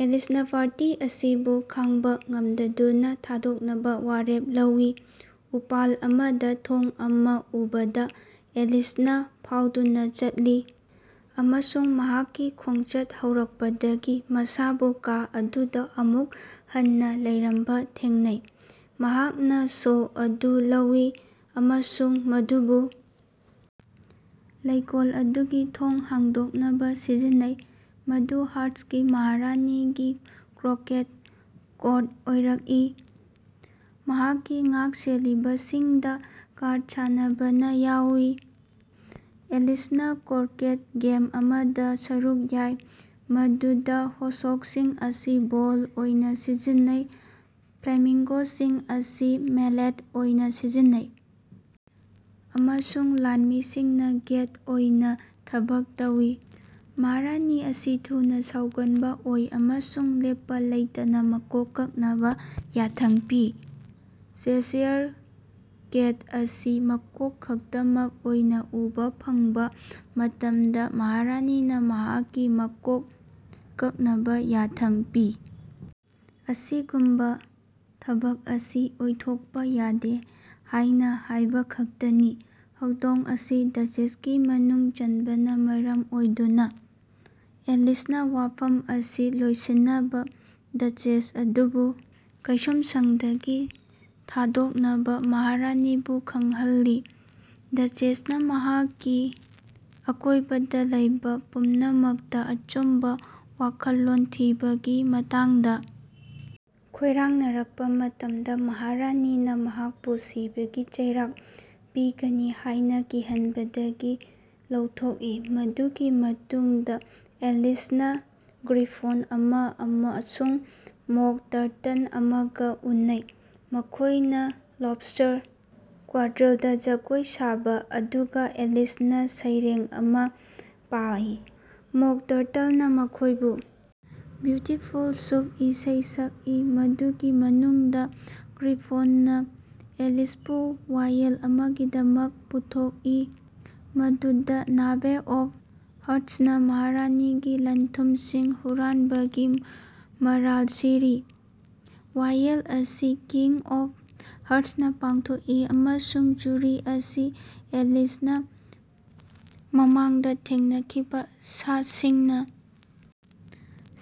ꯑꯦꯂꯤꯁꯅ ꯄꯥꯔꯇꯤ ꯑꯁꯤꯕꯨ ꯈꯥꯡꯕ ꯉꯝꯗꯗꯨꯅ ꯊꯥꯗꯣꯛꯅꯕ ꯋꯥꯔꯦꯞ ꯂꯧꯋꯤ꯫ ꯎꯄꯥꯜ ꯑꯃꯗ ꯊꯣꯡ ꯑꯃ ꯎꯕꯗ, ꯑꯦꯂꯤꯁꯅ ꯐꯥꯎꯗꯨꯅ ꯆꯠꯂꯤ ꯑꯃꯁꯨꯡ ꯃꯍꯥꯛꯀꯤ ꯈꯣꯡꯆꯠ ꯍꯧꯔꯛꯄꯗꯒꯤ ꯃꯁꯥꯕꯨ ꯀꯥ ꯑꯗꯨꯗ ꯑꯃꯨꯛ ꯍꯟꯅ ꯂꯩꯔꯝꯕ ꯊꯦꯡꯅꯩ꯫ ꯃꯍꯥꯛꯅ ꯁꯣ ꯑꯗꯨ ꯂꯧꯋꯤ ꯑꯃꯁꯨꯡ ꯃꯗꯨꯕꯨ ꯂꯩꯀꯣꯜ ꯑꯗꯨꯒꯤ ꯊꯣꯡ ꯍꯥꯡꯗꯣꯛꯅꯕ ꯁꯤꯖꯤꯟꯅꯩ ꯃꯗꯨ ꯍꯥꯔ꯭ꯠꯁꯀꯤ ꯃꯍꯥꯔꯥꯅꯤꯒꯤ ꯀ꯭ꯔꯣꯀꯦꯠ ꯀꯣꯔꯠ ꯑꯣꯏꯔꯛꯏ ꯃꯍꯥꯛꯀꯤ ꯉꯥꯛꯁꯦꯜꯂꯤꯕꯁꯤꯡꯗ ꯀꯥꯔ꯭ꯗ ꯁꯥꯟꯅꯕꯅ ꯌꯥꯎꯋꯤ꯫ ꯑꯦꯂꯤꯁꯅ ꯀ꯭ꯔꯣꯀꯦꯠ ꯒꯦꯝ ꯑꯃꯗ ꯁꯔꯨꯛ ꯌꯥꯏ, ꯃꯗꯨꯗ ꯍꯦꯖꯍꯣꯒꯁꯤꯡ ꯑꯁꯤ ꯕꯣꯜ ꯑꯣꯏꯅ ꯁꯤꯖꯤꯟꯅꯩ, ꯐ꯭ꯂꯦꯃꯤꯡꯒꯣꯁꯤꯡ ꯑꯁꯤ ꯃꯦꯂꯦꯠ ꯑꯣꯏꯅ ꯁꯤꯖꯤꯟꯅꯩ, ꯑꯃꯁꯨꯡ ꯂꯥꯟꯃꯤꯁꯤꯡꯅ ꯒꯦꯠ ꯑꯣꯏꯅ ꯊꯕꯛ ꯇꯧꯏ꯫ ꯃꯍꯥꯔꯥꯅꯤ ꯑꯁꯤ ꯊꯨꯅ ꯁꯥꯎꯒꯟꯕ ꯑꯣꯏ ꯑꯃꯁꯨꯡ ꯂꯦꯞꯄ ꯂꯩꯇꯅ ꯃꯀꯣꯛ ꯀꯛꯅꯕ ꯌꯥꯊꯪ ꯄꯤ꯫ ꯆꯦꯁꯥꯌꯔ ꯀꯦꯠ ꯑꯁꯤ ꯃꯀꯣꯛ ꯈꯛꯇꯃꯛ ꯑꯣꯏꯅ ꯎꯕ ꯐꯪꯕ ꯃꯇꯝꯗ, ꯃꯍꯥꯔꯥꯅꯤꯅ ꯃꯍꯥꯛꯀꯤ ꯃꯀꯣꯛ ꯀꯛꯅꯕ ꯌꯥꯊꯪ ꯄꯤ, ꯑꯁꯤꯒꯨꯝꯕ ꯊꯕꯛ ꯑꯁꯤ ꯑꯣꯏꯊꯣꯛꯄ ꯌꯥꯗꯦ ꯍꯥꯏꯅ ꯍꯥꯏꯕꯈꯛꯇꯅꯤ꯫ ꯍꯧꯗꯣꯡ ꯑꯁꯤ ꯗꯆꯦꯁꯀꯤ ꯃꯅꯨꯡ ꯆꯟꯕꯅ ꯃꯔꯝ ꯑꯣꯏꯗꯨꯅ, ꯑꯦꯂꯤꯁꯅ ꯋꯥꯐꯝ ꯑꯁꯤ ꯂꯣꯏꯁꯤꯟꯅꯕ ꯗꯆꯦꯁ ꯑꯗꯨꯕꯨ ꯀꯩꯁꯨꯝꯁꯪꯗꯒꯤ ꯊꯥꯗꯣꯛꯅꯕ ꯃꯍꯥꯔꯥꯅꯤꯕꯨ ꯈꯪꯍꯜꯂꯤ꯫ ꯗꯆꯦꯁꯅ ꯃꯍꯥꯛꯀꯤ ꯑꯀꯣꯏꯕꯗ ꯂꯩꯕ ꯄꯨꯝꯅꯃꯛꯇ ꯑꯆꯨꯝꯕ ꯋꯥꯈꯜꯂꯣꯟ ꯊꯤꯕꯒꯤ ꯃꯇꯥꯡꯗ ꯈꯣꯏꯔꯥꯡꯅꯔꯛꯄ ꯃꯇꯝꯗ, ꯃꯍꯥꯔꯥꯅꯤꯅ ꯃꯍꯥꯛꯄꯨ ꯁꯤꯕꯒꯤ ꯆꯩꯔꯥꯛ ꯄꯤꯒꯅꯤ ꯍꯥꯏꯅ ꯀꯤꯍꯟꯕꯗꯒꯤ ꯂꯧꯊꯣꯛꯏ꯫ ꯃꯗꯨꯒꯤ ꯃꯇꯨꯡꯗ ꯑꯦꯂꯤꯁꯅ ꯒ꯭ꯔꯤꯐꯣꯟ ꯑꯃ ꯑꯃꯁꯨꯡ ꯃꯣꯛ ꯇꯔꯇꯜ ꯑꯃꯒ ꯎꯅꯩ, ꯃꯈꯣꯏꯅ ꯂꯣꯕꯁꯇꯔ ꯀ꯭ꯋꯥꯗ꯭ꯔꯤꯜꯗ ꯖꯒꯣꯏ ꯁꯥꯏ ꯑꯗꯨꯒ ꯑꯦꯂꯤꯁꯅ ꯁꯩꯔꯦꯡ ꯑꯃ ꯄꯥꯏ꯫ ꯃꯣꯛ ꯇꯔꯇꯜꯅ ꯃꯈꯣꯏꯕꯨ ꯕ꯭ꯌꯨꯇꯤꯐꯨꯜ ꯁꯨꯞ ꯏꯁꯩ ꯁꯛꯏ ꯃꯗꯨꯒꯤ ꯃꯅꯨꯡꯗ ꯒ꯭ꯔꯤꯐꯣꯟꯅ ꯑꯦꯂꯤꯁꯄꯨ ꯋꯥꯌꯦꯜ ꯑꯃꯒꯤꯗꯃꯛ ꯄꯨꯊꯣꯛꯏ, ꯃꯗꯨꯗ ꯅꯥꯚꯦ ꯑꯣꯐ ꯍꯥꯔ꯭ꯠꯁꯅ ꯃꯍꯥꯔꯥꯅꯤꯒꯤ ꯂꯟꯊꯨꯝꯁꯤꯡ ꯍꯨꯔꯥꯟꯈꯤꯕꯒꯤ ꯃꯔꯥꯜ ꯁꯤꯔꯤ꯫ ꯋꯥꯌꯦꯜ ꯑꯁꯤ ꯀꯤꯡ ꯑꯣꯐ ꯍꯥꯔ꯭ꯠꯁꯅ ꯄꯥꯡꯊꯣꯛꯏ, ꯑꯃꯁꯨꯡ ꯖꯨꯔꯤ ꯑꯁꯤ ꯑꯦꯂꯤꯁꯅ ꯃꯃꯥꯡꯗ ꯊꯦꯡꯅꯈꯤꯕ ꯁꯥꯁꯤꯡꯅ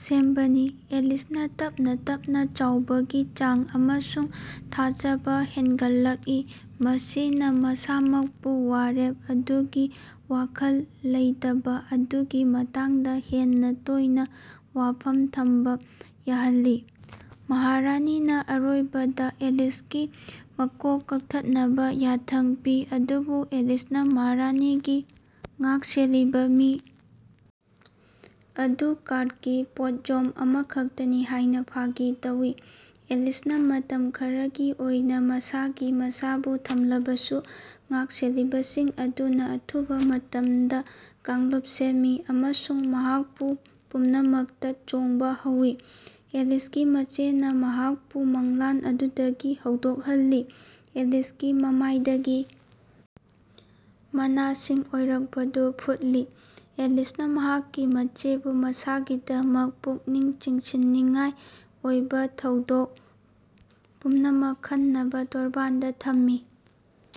ꯁꯦꯝꯕꯅꯤ꯫ ꯑꯦꯂꯤꯁꯅ ꯇꯞꯅ-ꯇꯞꯅ ꯆꯥꯎꯕꯒꯤ ꯆꯥꯡ ꯑꯃꯁꯨꯡ ꯊꯥꯖꯕ ꯍꯦꯟꯒꯠꯂꯛꯏ, ꯃꯁꯤꯅ ꯃꯁꯥꯃꯛꯄꯨ ꯋꯥꯔꯦꯞ ꯑꯗꯨꯒꯤ ꯋꯥꯈꯜ ꯂꯩꯇꯕ ꯑꯗꯨꯒꯤ ꯃꯇꯥꯡꯗ ꯍꯦꯟꯅ ꯇꯣꯏꯅ ꯋꯥꯐꯝ ꯊꯝꯕ ꯌꯥꯍꯜꯂꯤ꯫ ꯃꯍꯥꯔꯥꯅꯤꯅ ꯑꯔꯣꯏꯕꯗ ꯑꯦꯂꯤꯁꯀꯤ ꯃꯀꯣꯛ ꯀꯛꯊꯠꯅꯕ ꯌꯥꯊꯪ ꯄꯤ, ꯑꯗꯨꯕꯨ ꯑꯦꯂꯤꯁꯅ ꯃꯍꯥꯔꯥꯅꯤꯒꯤ ꯉꯥꯛꯁꯦꯜꯂꯤꯕ ꯃꯤ ꯑꯗꯨ ꯀꯥꯔ꯭ꯗꯀꯤ ꯄꯣꯠꯌꯣꯝ ꯑꯃꯈꯛꯇꯅꯤ ꯍꯥꯏꯅ ꯐꯥꯒꯤ ꯇꯧꯋꯤ꯫ ꯑꯦꯂꯤꯁꯅ ꯃꯇꯝ ꯈꯔꯒꯤ ꯑꯣꯏꯅ ꯃꯁꯥꯒꯤ ꯃꯁꯥꯕꯨ ꯊꯝꯂꯕꯁꯨ ꯉꯥꯛꯁꯦꯜꯂꯤꯕꯁꯤꯡ ꯑꯗꯨꯅ ꯑꯊꯨꯕ ꯃꯇꯝꯗ ꯀꯥꯡꯂꯨꯞ ꯁꯦꯝꯃꯤ ꯑꯃꯁꯨꯡ ꯃꯍꯥꯛꯄꯨ ꯄꯨꯝꯅꯃꯛꯇ ꯆꯣꯡꯕ ꯍꯧꯋꯤ꯫ ꯑꯦꯂꯤꯁꯀꯤ ꯃꯆꯦꯅ ꯃꯍꯥꯛꯄꯨ ꯃꯪꯂꯥꯟ ꯑꯃꯗꯒꯤ ꯍꯧꯗꯣꯛꯍꯜꯂꯤ, ꯑꯦꯂꯤꯁꯀꯤ ꯃꯃꯥꯏꯗꯒꯤ ꯃꯅꯥꯁꯤꯡ ꯑꯣꯏꯔꯛꯄꯗꯨ ꯐꯨꯠꯂꯤ꯫ ꯑꯦꯂꯤꯁꯅ ꯃꯍꯥꯛꯀꯤ ꯃꯆꯦꯕꯨ ꯃꯁꯥꯒꯤꯗꯃꯛ ꯄꯨꯛꯅꯤꯡ ꯆꯤꯡꯁꯤꯟꯅꯤꯡꯉꯥꯏ ꯑꯣꯏꯕ ꯊꯧꯗꯣꯛ ꯄꯨꯝꯅꯃꯛ ꯈꯟꯅꯕ ꯇꯣꯔꯕꯥꯟꯗ ꯊꯝꯃꯤ꯫